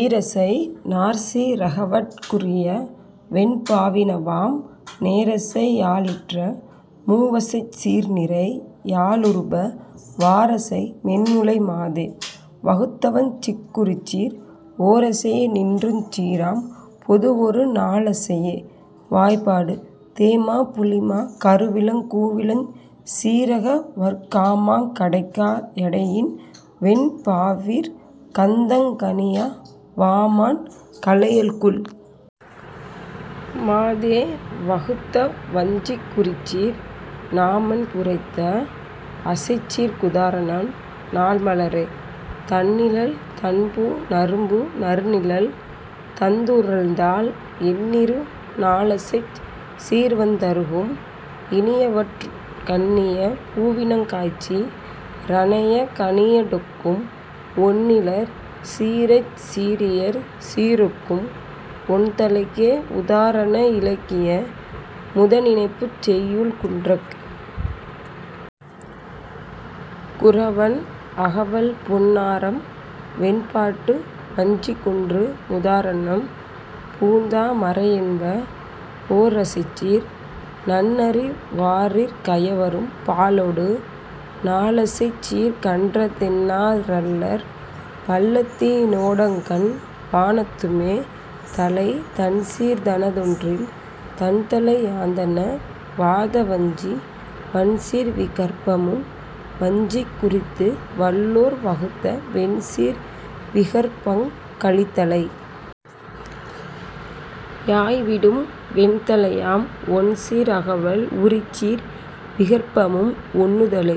ஈரசை நாற்சீ ரகவற் குரியவெண் பாவினவாம் நேரசை யாலிற்ற மூவசைச் சீர்நிரை யாலிறுப வாரசை மென்முலை மாதே வகுத்தவஞ் சிக்குரிச்சீர் ஓரசை யேநின்றுஞ் சீராம் பொதுவொரு நாலசையே வாய்பாடு தேமா புளிமா கருவிளங் கூவிளஞ் சீரகவற் காமாங் கடைகா யடையின்வெண் பாவிற்கந் தங்கனியா வாமாண் கலையல்குல் மாதே வகுத்தவஞ் சிக்குரிச்சீர் நாமாண் புரைத்த அசைச்சீர்க் குதாரணம் நாள்மலரே தண்ணிழல் தண்பூ நறும்பூ நறுநிழல் தந்துறழ்ந்தால் எண்ணிரு நாலசைச் சீர்வந் தருகும் இனியவற்றுட் கண்ணிய பூவினங் காய்ச்சீ ரனைய கனியடொக்கும் ஒண்ணிழற் சீரசைச் சீரியற் சீரொக்கும் ஒண்தளைக்கே உதாரண இலக்கிய முதனினைப்புச் செய்யுள் குன்றக் குறவன் அகவல்பொன் னாரம்வெண் பாட்டுவஞ்சிக் கொன்று முதாரணம் பூந்தா மரையென்ப ஓரசைச்சீர் நன்றறி வாரிற் கயவரும் பாலொடு நாலசைச்சீர்க் கன்றதென் னாரள்ளற் பள்ளத்தி னோடங்கண் வானத்துமே தளை தண்சீர் தனதொன்றில் தன்தளை யாந்தண வாதவஞ்சி வண்சீர் விகற்பமும் வஞ்சிக் குரித்துவல் லோர்வகுத்த வெண்சீர் விகற்பங் கலித்தளை யாய்விடும் வெண்தளையாம் ஒண்சீர் அகவல் உரிச்சீர் விகற்பமும் ஒண்ணுதலே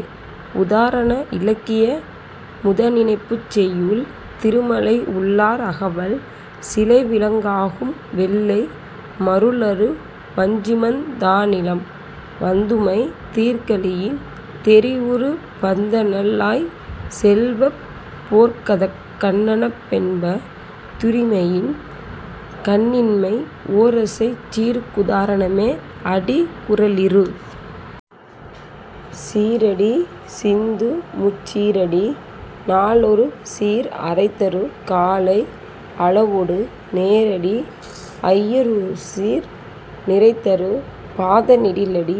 உதாரண இலக்கிய முதனினைப்புச் செய்யுள் திருமழை உள்ளார் அகவல் சிலைவிலங் காகும்வெள்ளை மருளறு வஞ்சிமந் தாநிலம் வந்துமை தீர்கலியின் தெரிவுறு பந்தநல் லாய்செல்வப் போர்க்கதக் கண்ணனென்ப துரிமையின் கண்ணின்மை ஓரசைச் சீருக் குதாரணமே அடி குறளிரு சீரடி சிந்துமுச் சீரடி நாலொருசீர் அறைதரு காலை அளவொடு நேரடி ஐயருசீர் நிறைதரு பாத நெடிலடி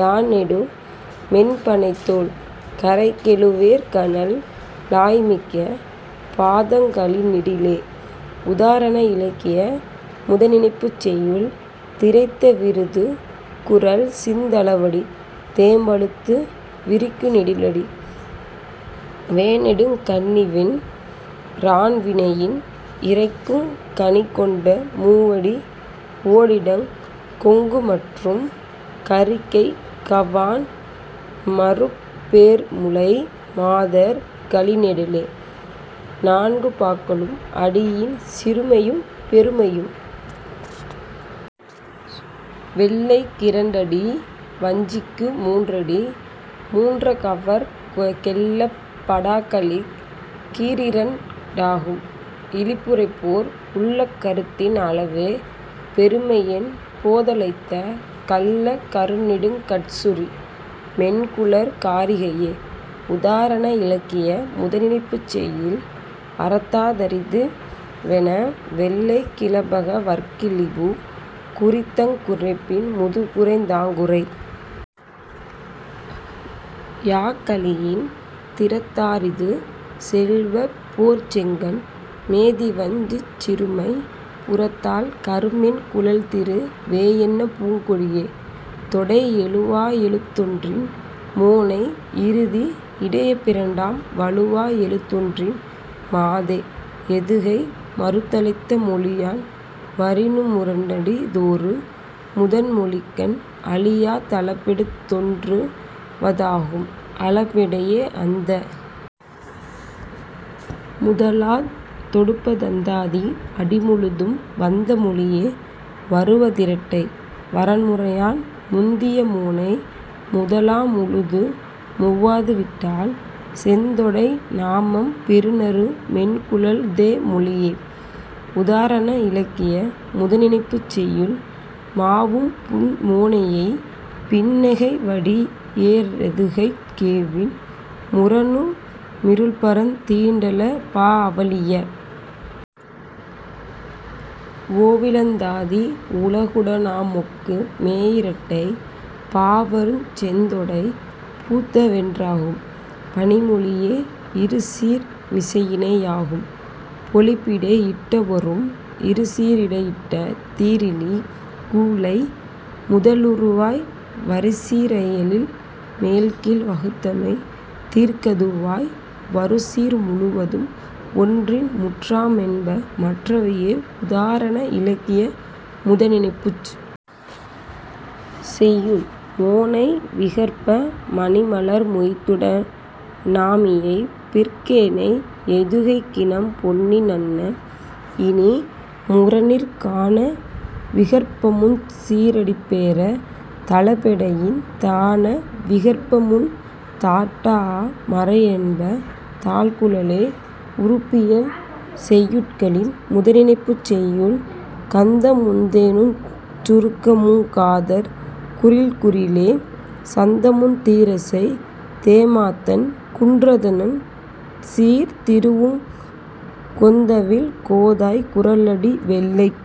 யாநெடு மென்பணைத்தோள் கறைகெழு வேற்கணல் லாய்மிக்க பாதங் கழிநெடிலே உதாரண இலக்கிய முதனினைப்புச் செய்யுள் திரைத்த விருது குறள்சிந் தளவடி தேம்பழுத்து விரிக்கு நெடிலடி வேனெடுங் கண்ணிவென் றான்வினையின் இரைக்குங் கணிகொண்ட மூவடி வோடிடங் கொங்குமற்றும் கரிக்கைக் கவான்மருப் பேர்முலை மாதர் கழிநெடிலே நான்கு பாக்களுக்கும் அடியின் சிறுமையும் பெருமையும். வெள்ளைக் கிரண்டடி வஞ்சிக்கு மூன்றடி மூன்றகவற் கெள்ளப் படாகலிக் கீரிரண் டாகும் இழிபுரைப்போர் உள்ளக் கருத்தின் அளவே பெருமையண் போதலைத்த கள்ளக் கருநெடுங் கட்சுரி மென்குழற் காரிகையே உதாரண இலக்கிய முதனினைப்புச் செய்யுள் அறத்தா றிதுவென வெள்ளைக் கிழிபக வற்கிழிபு குறித்தங் குரைப்பின் முதுகுறைந் தாங்குறை யாக்கலியின் திறத்தா றிதுசெல்வப் போர்ச்செங்கண் மேதிவஞ் சிச்சிறுமை புறத்தாழ் கருமென் குழல்திரு வேயன்ன பூங்கொடியே தொடை எழுவா யெழுத்தொன்றின் மோனை இறுதி இயைபிரண்டாம் வழுவா எழுத்தொன்றின் மாதே எதுகை மறுதலைத்த மொழியான் வரினு முரணடி தோறு முதன்மொழிக்கண் அழியா தளபெடுத் தொன்றுவ தாகும் அளபெடையே அந்த முதலாத் தொடுப்பதந் தாதி அடிமுழுதும் வந்த மொழியே வருவ திரட்டை வரன்முறையான் முந்திய மோனை முதலா முழுதுமொவ் வாதுவிட்டால் செந்தொடை நாமம் பெறுநறு மென்குழல் தேமொழியே உதாரண இலக்கிய முதனினைப்புச் செய்யுள் மாவும்புண் மோனை யியைபின் னகைவடி யேரெதுகைக் கேவின் முரணு மிருள்பரந் தீண்டள பாஅவளிய ஓவிலந் தாதி உலகுட னாமொக்கு மேயிரட்டை பாவருஞ் செந்தொடை பூத்தவென் றாகும் பணிமொழியே இருசீர் மிசையிணை யாகும் பொழிப்பிடை யிட்டொருவாம் இருசீ ரிடையிட்ட தீறிலி கூழை முதலிறுவாய் வருசீ ரயலில் மேல்கீழ் வகுத்தமை தீர்கதுவாய் வருசீர் முழுவதும் ஒன்றின்முற் றாமென்ப மற்றவையே உதாரண இலக்கிய முதனினைப்புச் செய்யுள் மோனை விகற்ப மணிமலர் மொய்த்துட னாமியைபிற் கேனை யெதுகைக் கினம்பொன்னி னன்ன இனிமுரனிற் கான விகற்பமுஞ் சீறடிப்பேர தளபெடையின் தான விகற்பமுந் தாட்டாஅ மரையென்ப தாழ்குழலே உறுப்பியல் செய்யுட்களின் முதனினைப்புச் செய்யுள் கந்தமுந் தேனுஞ் சுருக்கமுங் காதற் குறில்குறிலே சந்தமுந் தீரசை தேமாத்தண் குன்றந்தண் சீர்திருவுங் கொந்தவிழ் கோதாய் குறளடி வெள்ளைக்